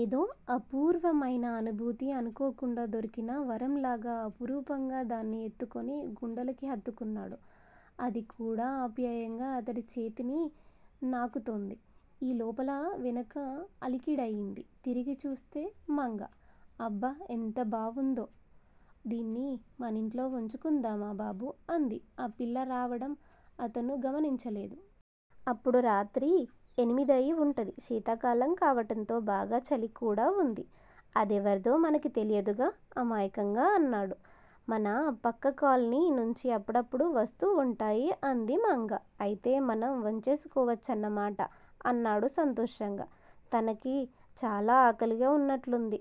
ఏదో అపూర్వమైన అనుభూతి. అనుకోకుండా దొరికిన వరంలాగా అపురూపంగా దాన్ని ఎత్తుకొని గుండెలకి హత్తుకున్నాడు. అదికూడా ఆప్యాయంగా అతడి చేతిని నాకుతోంది. ఈ లోపల వెనుక అలికిడయింది. తిరిగి చూస్తే మంగ. అబ్బ ఎంత బావుందో, దీన్ని మనింట్లో వుంచుకుందామా బాబూ అంది. ఆ పిల్ల రావడం అతను గమనించలేదు. అప్పుడు రాత్రి ఎనిమిది అయి వుంటుంది. శీతాకాలం కావటంతో బాగా చలికూడా వుంది. ఆదెవరిదో మనకి తెలీదుగా అమాయకంగా అన్నాడు. మన పక్క కాలనీ నుంచి అప్పుడప్పుడు వస్తూ వుంటాయి అంది మంగా. అయితే మనం వుంచేసుకోవచ్చన్నమాట అన్నాడు సంతోషంగా. తనకి చాలా ఆకలిగా వున్నట్లుంది.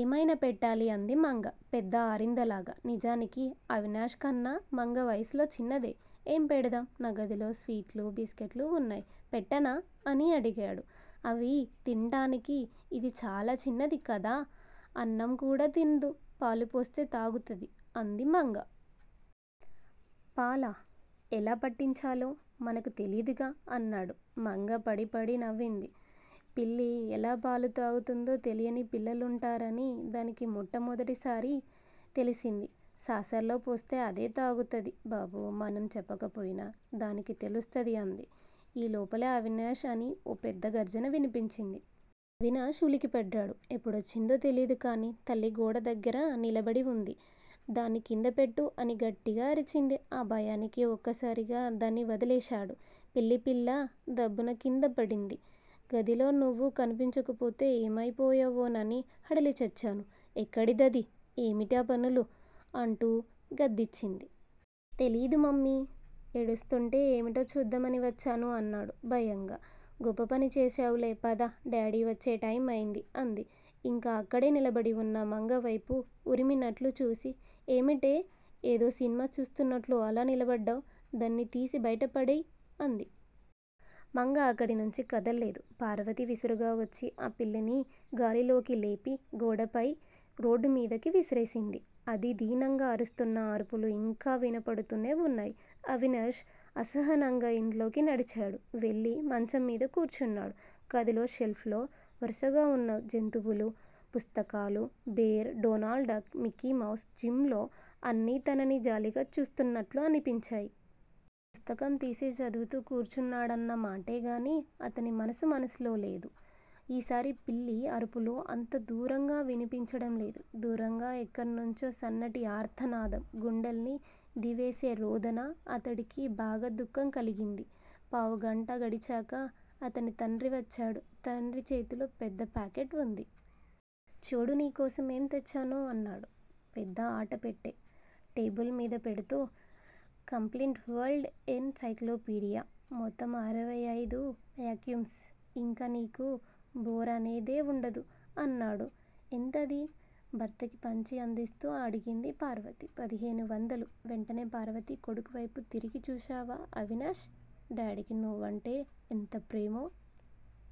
ఏమైనా పెట్టాలి అంది మంగ పెద్ద ఆరిందలాగ. నిజానికి అవినాష్ కన్నా మంగ వయసులో చిన్నదే. ఏం పెడదాం. నా గదిలో స్వీట్లూ, బిస్కట్లు వున్నాయి పెట్టనా అని అడిగాడు. అవి తింటానికి ఇది చాలా చిన్నదికదా! అన్నంకూడా తినదు. పాలుపోస్తే తాగుతుంది అంది మంగ. పాలా? ఎలా పట్టించాలో మనకు తెలీదుగా! అన్నాడు. మంగ పడీ పడీ నవ్వింది. పిల్లి పాలు ఎలా తాగుతుందో తెలియని పిల్ల లుంటారని దానికి మొట్టమొదటి సారి తెలిసింది. సాసర్ లో పోస్తే అదే తాగుతుంది బాబూ. మనం చెప్పకపోయినా దానికి తెలుస్తుంది అంది. ఈ లోపులో అవినాష్ అని ఓ పెద్ద గర్జన వినిపించింది. అవినాష్ ఉలిక్కిపడ్డాడు. ఎప్పుడొచ్చిందో తెలియదు కాని తల్లి గోడ దగ్గిర నిలబడి వుంది. దాన్ని కిందపెట్టు అని గట్టిగా అరిచింది. ఆ భయానికి ఒక్కసారిగా దాన్ని వదిలేశాడు. పిల్లి పిల్ల దబ్బున కిందపడింది. గదిలో నువ్వు కనిపించకపోతే ఏమైపోయావోనని హడలిచచ్చాను. ఎక్కడిదది? ఏమిటీ పనులు? అంటూ గద్దించింది. తెలీదు మమ్మీ. ఏడుస్తూంటే ఏమిటో చూద్దామని వచ్చాను అన్నాడు భయంగా. గొప్ప పని చేశావులే పద. డాడీ వచ్చే టైమయ్యింది అంది. ఇంకా అక్కడే నిలబడివున్న మంగవైపు వురిమినట్లు చూసి ఏమిటే, ఏదో సినిమా చూస్తూన్నట్లు అలా నిలబడ్డావు. దాన్ని తీసి బయట పడేయి అంది. మంగ అక్కడనుంచి కదలలేదు. పార్వతి విసురుగా వచ్చి ఆ పిల్లిని గాలిలోకి లేపి గోడపై రోడ్డుమీదకి విసిరేసింది. అది దీనంగా అరుస్తున్న అరుపులు ఇంకా వినపడుతూనే వున్నాయి. అవినాష్ అసహనంగా ఇంట్లోకి నడిచాడు, వెళ్ళి మంచంమీద కూర్చున్నాడు. గదిలో షెల్ఫ్ లో వరుసగా వున్న జంతువుల పుస్తకాలు 'bear', 'Donald Duck' 'Mickey Mouse' 'Jim లో' అన్నీ తనని జాలిగా చూస్తున్నట్లు అనిపించాయి. పుస్తకం తీసి చదువుతూ కూర్చున్నాడన్న మాటేగాని అతని మనసు మనసులో లేదు. ఈసారి పిల్లి అరుపులు అంత దగ్గరగా వినిపించడంలేదు. దూరంగా ఎక్కడినుంచో సన్నటి ఆర్తనాదం, గుండెల్ని దేవేసేరోదన, అతడికి బాగా దుఃఖం కలిగింది. పావుగంట గడిచాక అతని తండ్రి వచ్చాడు. తండ్రి చేతిలో పెద్ద ప్యాకెట్ వుంది. చూడు నీకోసం ఏం తెచ్చానో అన్నాడు. పెద్ద అట్టపెట్టె టేబుల్ మీద పెడుతూ. Complete world encyclopedia. మొత్తం ఇరవై అయిదు వాల్యూమ్స్. ఇక నీకు బోరనేదే వుండదు అన్నాడు. ఎంతిది? భర్తకి పంచె అందిస్తూ అడిగింది పార్వతి. పదిహేను వందలు. వెంటనే పార్వతి కొడుకువైపు తిరిగి చూశావా అవినాష్, డాడీకి నువ్వంటే ఎంత ప్రేమో!